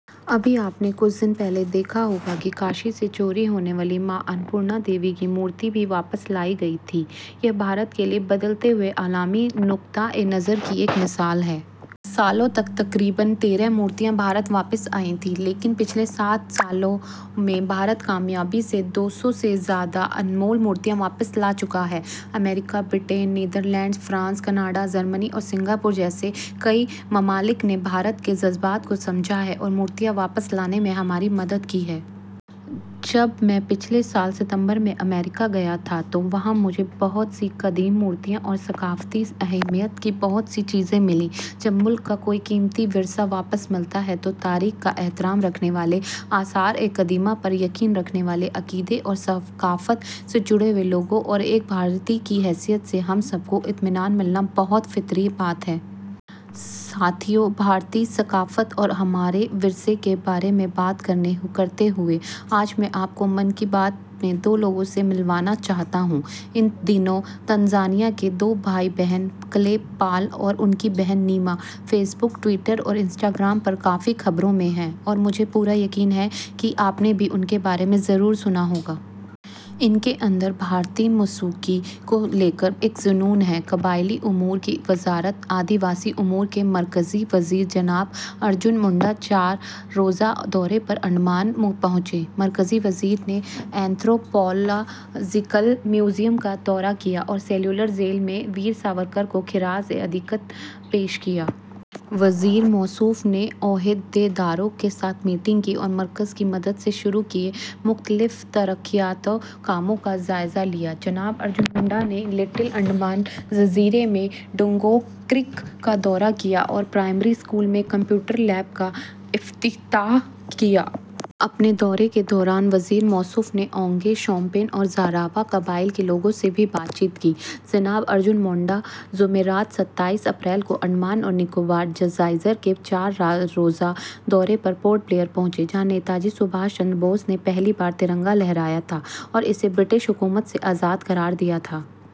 ابھی آپ نے کچھ دن پہلے دیکھا ہوگا کہ کاشی سے چوری ہونے والی ماں اناپورنا دیوی کی مورتی بھی واپس لائی گئی تھی۔ یہ بھارت کے لیے بدلتے ہوئے عالمی نقطۂ نظر کی ایک مثال ہے۔ سالوں تک تقریباً تیرہ مورتیاں بھارت واپس آئی تھیں، لیکن پچھلے سات سالوں میں بھارت کامیابی سے دو سو سے زیادہ انمول مورتیاں واپس لا چکا ہے۔ امریکہ، برطانیہ، نیدرلینڈز، فرانس، کینیڈا، جرمنی اور سنگاپور جیسے کئی ممالک نے بھارت کے جذبات کو سمجھا ہے اور مورتیاں واپس لانے میں ہماری مدد کی ہے۔ جب میں پچھلے سال ستمبر میں امریکہ گیا تھا تو وہاں مجھے بہت سی قدیم مورتیاں اور ثقافتی اہمیت کی بہت سی چیزیں ملیں۔ جب ملک کا کوئی قیمتی ورثہ واپس ملتا ہے تو تاریخ کا احترام رکھنے والے، آثارِ قدیمہ پر یقین رکھنے والے، عقیدے اور ثقافت سے جڑے ہوئے لوگوں اور ایک بھارتی کی حیثیت سے ہم سب کو اطمینان ملنا بہت فطری بات ہے۔ ساتھیو، بھارتی ثقافت اور ہمارے ورثے کے بارے میں بات کرتے ہوئے، آج میں آپ کو ''من کی بات'' میں دو لوگوں سے ملوانا چاہتا ہوں۔ ان دنوں تنزانیہ کے دو بہن بھائی، کلی پال اور ان کی بہن نیما، فیس بک، ٹوئٹر اور انسٹاگرام پر کافی خبروں میں ہیں اور مجھے پورا یقین ہے کہ آپ نے بھی ان کے بارے میں ضرور سنا ہوگا۔ ان کے اندر بھارتی موسیقی کو لے کر ایک جنون ہے۔ قبائلی امور کی وزارت آدیواسی امور کے مرکزی وزیر جناب ارجن منڈا چار روزہ دورے پر انڈمان پہنچے۔ مرکزی وزیر نے اینتھروپولوجیکل میوزیم کا دورہ کیا اور سیلولر جیل میں ویر ساورکر کو خراجِ عقیدت پیش کیا۔ وزیر موصوف نے عہدیداروں کے ساتھ میٹنگ کی اور مرکز کی مدد سے شروع کیے گئے مختلف ترقیاتی کاموں کا جائزہ لیا۔ جناب ارجن منڈا نے لٹل انڈمان جزیرے میں ڈوگونگ کریک کا دورہ کیا اور پرائمری اسکول میں کمپیوٹر لیب کا افتتاح کیا۔ اپنے دورے کے دوران وزیر موصوف نے انگے، شومپین اور جاراوا قبائل کے لوگوں سے بھی بات چیت کی۔ جناب ارجن منڈا جمعرات، ستائیس اپریل کو انڈمان اور نکوبار جزائر کے چار روزہ دورے پر پورٹ بلیئر پہنچے، جہاں نیتاجی سبھاش چندر بوس نے پہلی بار ترنگا لہرایا تھا اور اسے برطانوی حکمرانی سے آزاد قرار دیا تھا۔